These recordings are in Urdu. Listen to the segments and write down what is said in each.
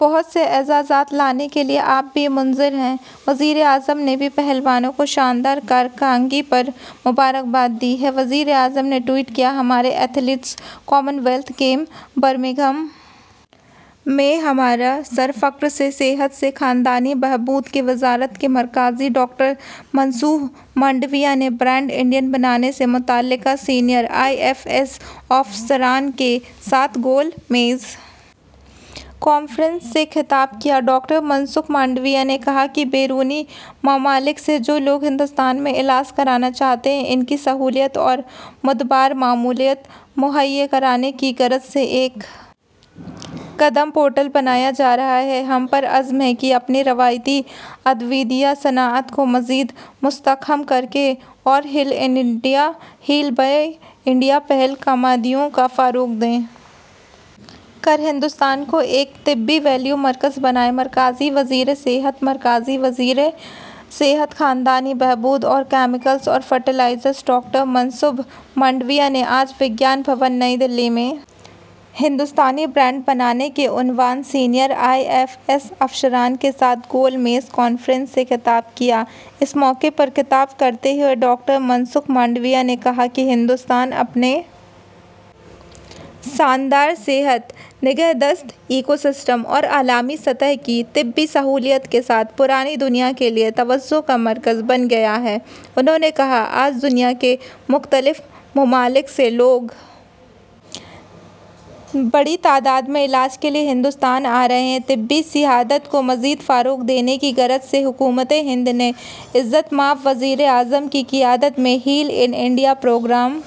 بہت سے اعزازات لانے کے لیے آپ کی منتظر ہے وزیر اعظم نے بھی پہلوانوں کو شاندار کارکردگی پر مبارکباد دی ہے وزیر اعظم نے ٹوئٹ کیا ہمارے athletes commonwealth games Birmingham میں ہمارا سر فخر سے صحت اور خاندانی بہبود کی وزارت صحت کے مرکزی وزیر ڈاکٹر منسکھ مانڈویا نے برانڈ انڈیا بنانے سے متعلق سینئر آئی ایف ایس آفیسران کے ساتھ گول میز کانفرنس سے خطاب کیا ڈاکٹر منسکھ مانڈویا نے کہا کہ بیرونی ممالک سے جو لوگ ہندوستان میں علاج کرانا چاہتے ہیں ان کی سہولت اور معتبر معلومات مہیا کرنے کی غرض سے ایک قدم پورٹل بنایا جا رہا ہے ہم پر عزم ہیں کہ اپنی روایتی ادویہ صنعت کو مزید مستحکم کر کے اور ہیل ان انڈیا اور ہیل بائی انڈیا پہل قدمیوں کو فروغ دے کر ہندوستان کو ایک طبی ویلیو مرکز بنائیں صحت کے مرکزی وزیر مرکزی وزیر برائے صحت اور خاندانی بہبود اور کیمیکلز اور فرٹیلائزر ڈاکٹر منسکھ مانڈویا نے آج وگیان بھون نئی دہلی میں ہندوستانی برانڈ بنانے کے عنوان پر سینئر آئی ایف ایس افسران کے ساتھ گول میز کانفرنس سے خطاب کیا اس موقع پر خطاب کرتے ہوئے ڈاکٹر منسکھ مانڈویا نے کہا کہ ہندوستان اپنے شاندار صحت نگہداشت ایکو سسٹم اور عالمی سطح کی طبی سہولیات کے ساتھ پوری دنیا کے لیے توجہ کا مرکز بن گیا ہے انہوں نے کہا آج دنیا کے مختلف ممالک سے لوگ بڑی تعداد میں علاج کے لیے ہندوستان آ رہے ہیں طبی سیاحت کو مزید فروغ دینے کی غرض سے حکومت ہند نے عزت مآب وزیر اعظم کی قیادت میں ہیل ان انڈیا پروگرام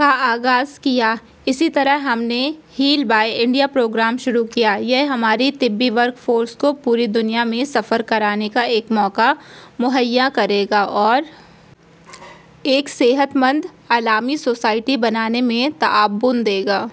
کا آغاز کیا ہے اسی طرح ہم نے ہیل بائی انڈیا پروگرام شروع کیا ہے یہ ہماری طبی ورک فورس کو پوری دنیا میں سفر کرنے کا ایک موقع مہیا کرے گا اور ایک صحت مند عالمی سوسائٹی بنانے میں تعاون دے گا